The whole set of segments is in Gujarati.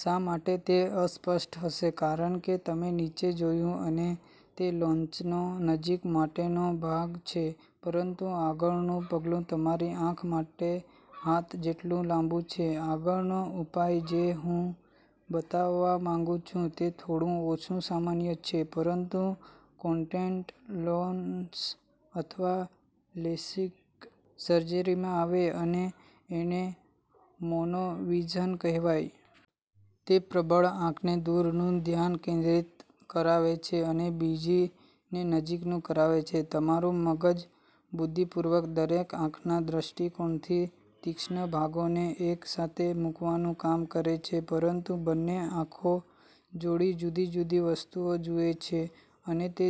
શા માટે તે અસ્પષ્ટ હશે? કારણ કે, તમે નીચે જોયું અને તે લેન્સનો નજીક માટેનો ભાગ છે પરંતુ આગળનું પગલું તમારી આંખ માટે હાથ જેટલું લાબું છે. આગળનો ઉપાય જે હું બતાવવા માંગું છું તે થોડું ઓછું સામાન્ય છે પરંતુ કોન્ટેક્ટ લેન્સ અથવા લેસિક સર્જરીમાં આવે, અને એને મોનોવિઝન કહેવાય. તે પ્રબળ આંખ ને દૂર નું ધ્યાન કેન્દ્રિત કરાવે છે અને બીજી ને નજીક નું કરાવે છે. તમારું મગજ બુદ્ધિપૂર્વક દરેક આંખના દૃષ્ટિકોણથી તીક્ષ્ણ ભાગો ને એક સાથે મૂકવાનું કામ કરે છે, પરંતુ બંને આંખો થોડી જુદી જુદી વસ્તુઓ જુએ છે, અને તે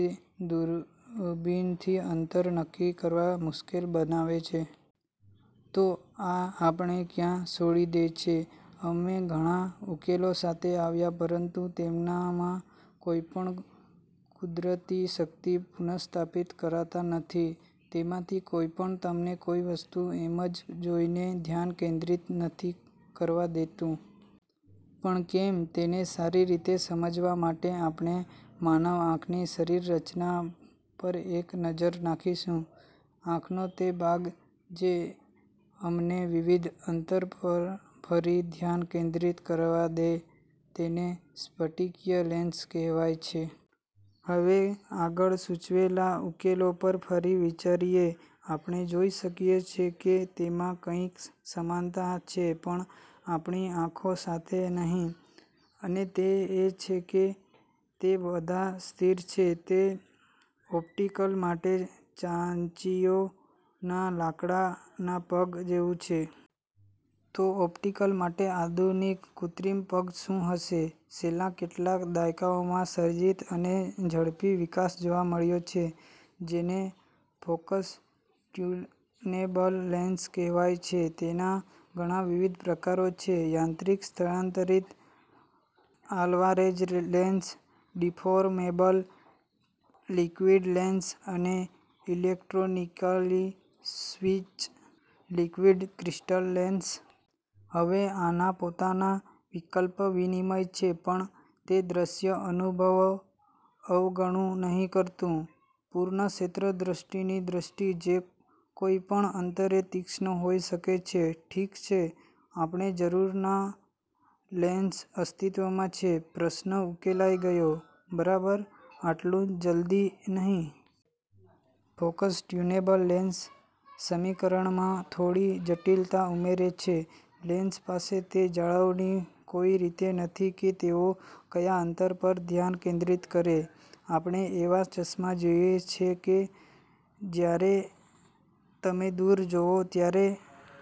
દૂરબીનથી અંતર નક્કી કરવા મુશ્કેલ બનાવે છે. તો આ આપણે ક્યાં સોડી દે છે? અમે ઘણા ઉકેલો સાથે આવ્યા પરંતુ તેમનામાં કોઈપણ કુદરતી શક્તિ પુનસ્થાપિત કરતા નથી. તેમાંથી કોઈ પણ તમને કોઈ વસ્તુ એમજ જોઈ ને ધ્યાન કેન્દ્રિત નથી કરવા દેતું. પણ કેમ? તેને સારી રીતે સમજવા માટે આપણે માનવ આંખની શરીરરચના પર એક નજર નાખીશું. આંખનો તે ભાગ જે અમને વિવિધ અંતર પર ફરી ધ્યાન કેન્દ્રિત કરવા દે તેને સ્ફટિકીય લેન્સ કહેવાય છે. હવે, આગળ સૂચવેલા ઉકેલો પર ફરી વિચારયે આપણે જોઈ શકીએ છે કે તેમાં કંઈક સમાનતા છે પણ આપણી આંખો સાથે નહિ, અને તે એ છે કે તે બધા સ્થિર છે. તે ઓપ્ટિકલ માટે ચાંચિયો ના લાકડા ના પગ જેવું છે. તો ઓપ્ટિકલ માટે આધુનિક કૃત્રિમ પગ શું હશે? સેલ્લા કેટલાક દાયકાઓમાં સર્જિત અને ઝડપી વિકાસ જોવા મળ્યો છે જેને "ફોકસ-ટ્યુનેબલ લેન્સ" કહેવાય છે. તેના ઘણાં વિવિધ પ્રકારો છે. યાંત્રિકી સ્થળાંતરિત Alvarez lens, deformable liquid lens અને electronically switch, liquid crystal lens. હવે આના પોતાના વિકલ્પ-વિનિમય છે, પણ તે દ્રશ્ય। અનુભવ અવગણુ નહિ કરતુ. પૂર્ણ-ક્ષેત્ર-દૃષ્ટિની દૃષ્ટિ જે કોઈપણ અંતરે તીક્ષ્ણ હોઈ શકે છે. ઠીક છે. આપણે જરૂરના લેન્સ અસ્તિત્વમાં છે. પ્રશ્ન ઉકેલાઈ ગયો, બરાબર? આટલું જલ્દી નહિ. ફોકસ-ટ્યુનેબલ લેન્સ સમીકરણમાં થોડી જટિલતા ઉમરે છે. લેન્સ પાસે તે જાળવણી કોઈ રીત નથી કે તેઓ કયા અંતર પર ધ્યાન કેન્દ્રિત કરે. આપણે એવા ચશ્માં જોઈએ છે જે જયારે તમે દૂર જોવું, ત્યારે